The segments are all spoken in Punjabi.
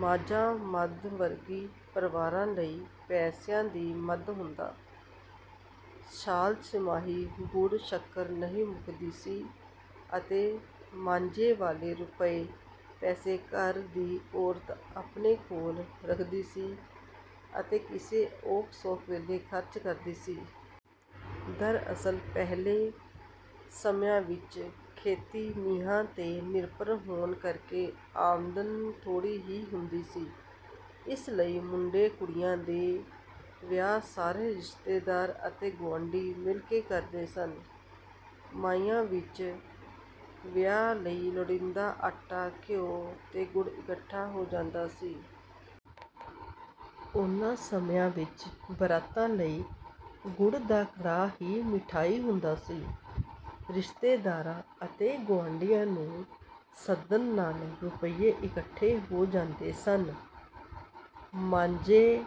ਮਾਂਜਾ ਮੱਧ-ਵਰਗੀ ਪਰਿਵਾਰਾਂ ਲਈ ਪੈਸਿਆਂ ਦੀ ਮਦ ਹੁੰਦਾ। ਸਾਲ ਛਿਮਾਹੀ ਗੁੜ ਸ਼ੱਕਰ ਨਹੀਂ ਮੁੱਕਦੀ ਸੀ ਅਤੇ ਮਾਂਜੇ ਵਾਲੇ ਰੁਪਏ ਪੈਸੇ ਘਰ ਦੀ ਔਰਤ ਆਪਣੇ ਕੋਲ ਰੱਖਦੀ ਸੀ ਅਤੇ ਕਿਸੇ ਔਖ ਸੌਖ ਵੇਲੇ ਖਰਚ ਕਰਦੀ ਸੀ। ਦਰਅਸਲ ਪਹਿਲੇ ਸਮਿਆਂ ਵਿੱਚ ਖੇਤੀ ਮੀਂਹਾਂ ਤੇ ਨਿਰਭਰ ਹੋਣ ਕਰਕੇ ਆਮਦਨ ਥੋੜ੍ਹੀ ਹੀ ਹੁੰਦੀ ਸੀ। ਇਸ ਲਈ ਮੁੰਡੇ ਕੁੜੀਆਂ ਦੇ ਵਿਆਹ ਸਾਰੇ ਰਿਸ਼ਤੇਦਾਰ ਅਤੇ ਗੁਆਂਢੀ ਮਿਲ ਕੇ ਕਰਦੇ ਸਨ। ਮਾਈਆਂ ਵਿੱਚ ਵਿਆਹ ਲਈ ਲੋੜੀਂਦਾ ਆਟਾ, ਘਿਉ ਤੇ ਗੁੜ ਇਕੱਠਾ ਹੋ ਜਾਂਦਾ ਸੀ। ਉਨ੍ਹਾਂ ਸਮਿਆਂ ਵਿੱਚ ਬਰਾਤਾਂ ਲਈ ਗੁੜ ਦਾ ਕੜਾਹ ਹੀ ਮਠਿਆਈ ਹੁੰਦਾ ਸੀ। ਰਿਸ਼ਤੇਦਾਰਾਂ ਅਤੇ ਗੁਆਂਢੀਆਂ ਨੂੰ ਸੱਦਣ ਨਾਲ ਰੁਪਏ ਇਕੱਠੇ ਹੋ ਜਾਂਦੇ ਸਨ। ਮਾਂਜੇ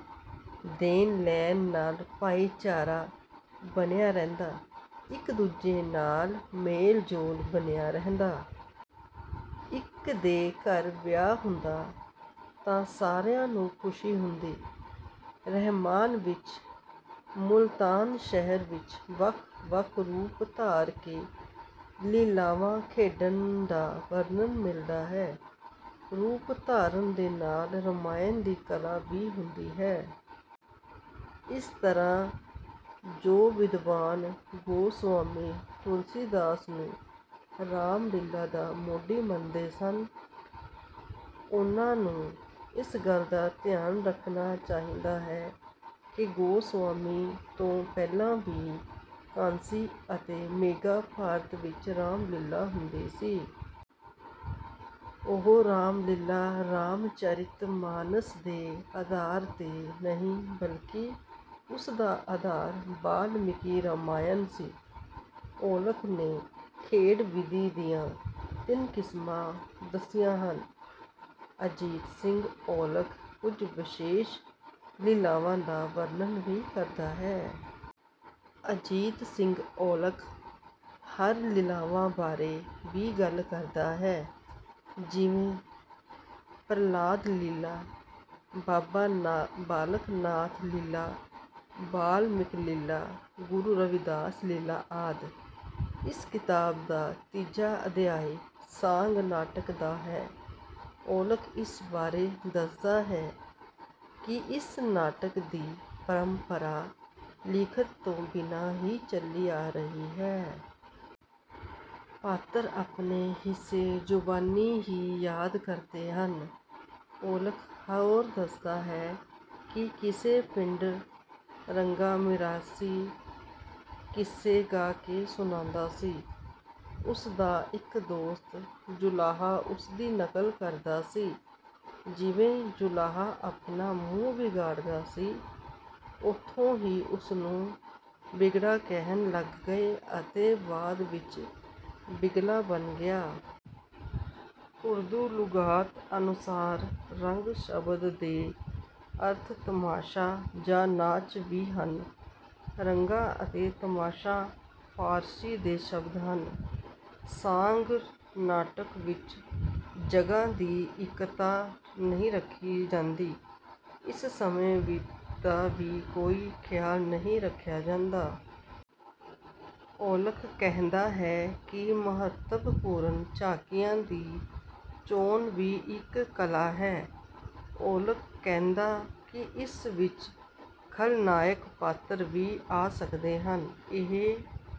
ਦੇਣ ਲੈਣ ਨਾਲ ਭਾਈਚਾਰਾ ਬਣਿਆ ਰਹਿੰਦਾ, ਇੱਕ ਦੂਜੇ ਨਾਲ ਮੇਲ-ਜੋਲ ਬਣਿਆ ਰਹਿੰਦਾ। ਇੱਕ ਦੇ ਘਰ ਵਿਆਹ ਹੁੰਦਾ ਤਾਂ ਸਾਰਿਆਂ ਨੂੰ ਖੁਸ਼ੀ ਹੁੰਦੀ। ਰਹਿਮਾਨ ਵਿੱਚ ਮੁਲਤਾਨ ਸ਼ਹਿਰ ਵਿੱਚ ਵੱਖ ਵੱਖ ਰੂਪ ਧਾਰ ਕੇ ਲੀਲਾਵਾਂ ਖੇਡਣ ਦਾ ਵਰਣਨ ਮਿਲਦਾ ਹੈ। ਰੂਪ ਧਾਰਨ ਦੇ ਨਾਲ ਰਾਮਾਇਣ ਦੀ ਕਲਾ ਵੀ ਹੁੰਦੀ ਹੈ। ਇਸ ਤਰ੍ਹਾਂ ਜੋ ਵਿਦਵਾਨ ਗੋਸਵਾਮੀ ਤੁਲਸੀ ਦਾਸ ਨੂੰ ਰਾਮ ਲੀਲਾ ਦਾ ਮੋਢੀ ਮੰਨਦੇ ਹਨ, ਉਨ੍ਹਾਂ ਨੂੰ ਇਸ ਗੱਲ ਦਾ ਧਿਆਨ ਰੱਖਣਾ ਚਾਹੀਦਾ ਹੈ ਕਿ ਗੋਸਵਾਮੀ ਤੋਂ ਪਹਿਲਾਂ ਵੀ ਕਾਂਸੀ ਅਤੇ ਮੇਘਾ ਭਾਰਤ ਵਿੱਚ ਰਾਮ ਲੀਲਾ ਹੁੰਦੀ ਸੀ। ਉਹ ਰਾਮਲੀਲਾ, ਰਾਮ ਚਰਿਤ ਮਾਨਸ ਦੇ ਆਧਾਰ ਤੇ ਨਹੀਂ ਬਲਕਿ ਉਸ ਦਾ ਆਧਾਰ ਬਾਲਮੀਕੀ ਰਾਮਾਇਣ ਸੀ। ਔਲਖ ਨੇ ਖੇਡ ਵਿਧੀ ਦੀਆਂ ਤਿੰਨ ਕਿਸਮਾਂ ਦੱਸੀਆਂ ਹਨ। ਅਜੀਤ ਸਿੰਘ ਔਲਖ ਕੁਝ ਵਿਸ਼ੇਸ਼ ਲੀਲਾਵਾਂ ਦਾ ਵਰਣਨ ਵੀ ਕਰਦਾ ਹੈ। ਅਜੀਤ ਸਿੰਘ ਔਲਖ ਹੋਰ ਲੀਲਾਵਾਂ ਬਾਰੇ ਵੀ ਗੱਲ ਕਰਦਾ ਹੈ। ਜਿਵੇਂ ਪ੍ਰਲਾਦ ਲੀਲਾ, ਬਾਬਾ ਬਾਲਕ ਨਾਥ ਲੀਲਾ, ਬਾਲਮੀਕ ਲੀਲਾ, ਗੁਰੂ ਰਵਿਦਾਸ ਲੀਲਾ ਆਦਿ। ਇਸ ਕਿਤਾਬ ਦਾ ਤੀਜਾ ਅਧਿਆਇ ਸਾਂਗ ਨਾਟਕ ਦਾ ਹੈ। ਔਲਖ ਇਸ ਬਾਰੇ ਦੱਸਦਾ ਹੈ ਕਿ ਇਸ ਨਾਟਕ ਦੀ ਪਰੰਪਰਾ ਲਿਖਤ ਤੋਂ ਬਿਨਾਂ ਹੀ ਚਲੀ ਆ ਰਹੀ ਹੈ। ਪਾਤਰ ਆਪਣੇ ਹਿੱਸੇ ਜ਼ੁਬਾਨੀ ਹੀ ਯਾਦ ਕਰਦੇ ਹਨ। ਔਲਖ ਹੋਰ ਦੱਸਦਾ ਹੈ ਕਿ ਕਿਸੇ ਪਿੰਡ ਰੰਗਾ ਮਿਰਾਸੀ ਕਿੱਸੇ ਗਾ ਕੇ ਸੁਣਾਉਂਦਾ ਸੀ। ਉਸਦਾ ਇੱਕ ਦੋਸਤ ਜੁਲਾਹਾ ਉਸਦੀ ਨਕਲ ਕਰਦਾ ਸੀ। ਜਿਵੇਂ ਜੁਲਾਹਾ ਆਪਣਾ ਮੂੰਹ ਵਿਗਾੜਦਾ ਸੀ, ਉਥੋਂ ਹੀ ਉਸਨੂੰ ਬਿਗੜਾ ਕਹਿਣ ਲੱਗ ਗਏ ਅਤੇ ਬਾਅਦ ਵਿੱਚ ਬਿਗਲਾ ਬਣ ਗਿਆ। ਉਰਦੂ ਲੁਗਾਤ ਅਨੁਸਾਰ ਰੰਗ ਸ਼ਬਦ ਦੇ ਅਰਥ ਤਮਾਸ਼ਾ ਜਾਂ ਨਾਚ ਵੀ ਹਨ। ਰੰਗਾ ਅਤੇ ਤਮਾਸ਼ਾ ਫਾਰਸੀ ਦੇ ਸ਼ਬਦ ਹਨ। ਸਾਂਗ ਨਾਟਕ ਵਿੱਚ ਜਗ੍ਹਾ ਦੀ ਇੱਕਤਾ ਨਹੀਂ ਰੱਖੀ ਜਾਂਦੀ। ਇਸ ਵਿੱਚ ਸਮੇਂ ਦਾ ਵੀ ਕੋਈ ਖਿਆਲ ਨਹੀਂ ਰੱਖਿਆ ਜਾਂਦਾ। ਔਲਖ ਕਹਿੰਦਾ ਹੈ ਕਿ ਮਹੱਤਵਪੂਰਨ ਝਾਕੀਆਂ ਦੀ ਚੋਣ ਵੀ ਇੱਕ ਕਲਾ ਹੈ। ਔਲਖ ਕਹਿੰਦਾ ਕਿ ਇਸ ਵਿੱਚ ਖਲਨਾਇਕ ਪਾਤਰ ਵੀ ਆ ਸਕਦੇ ਹਨ। ਇਹ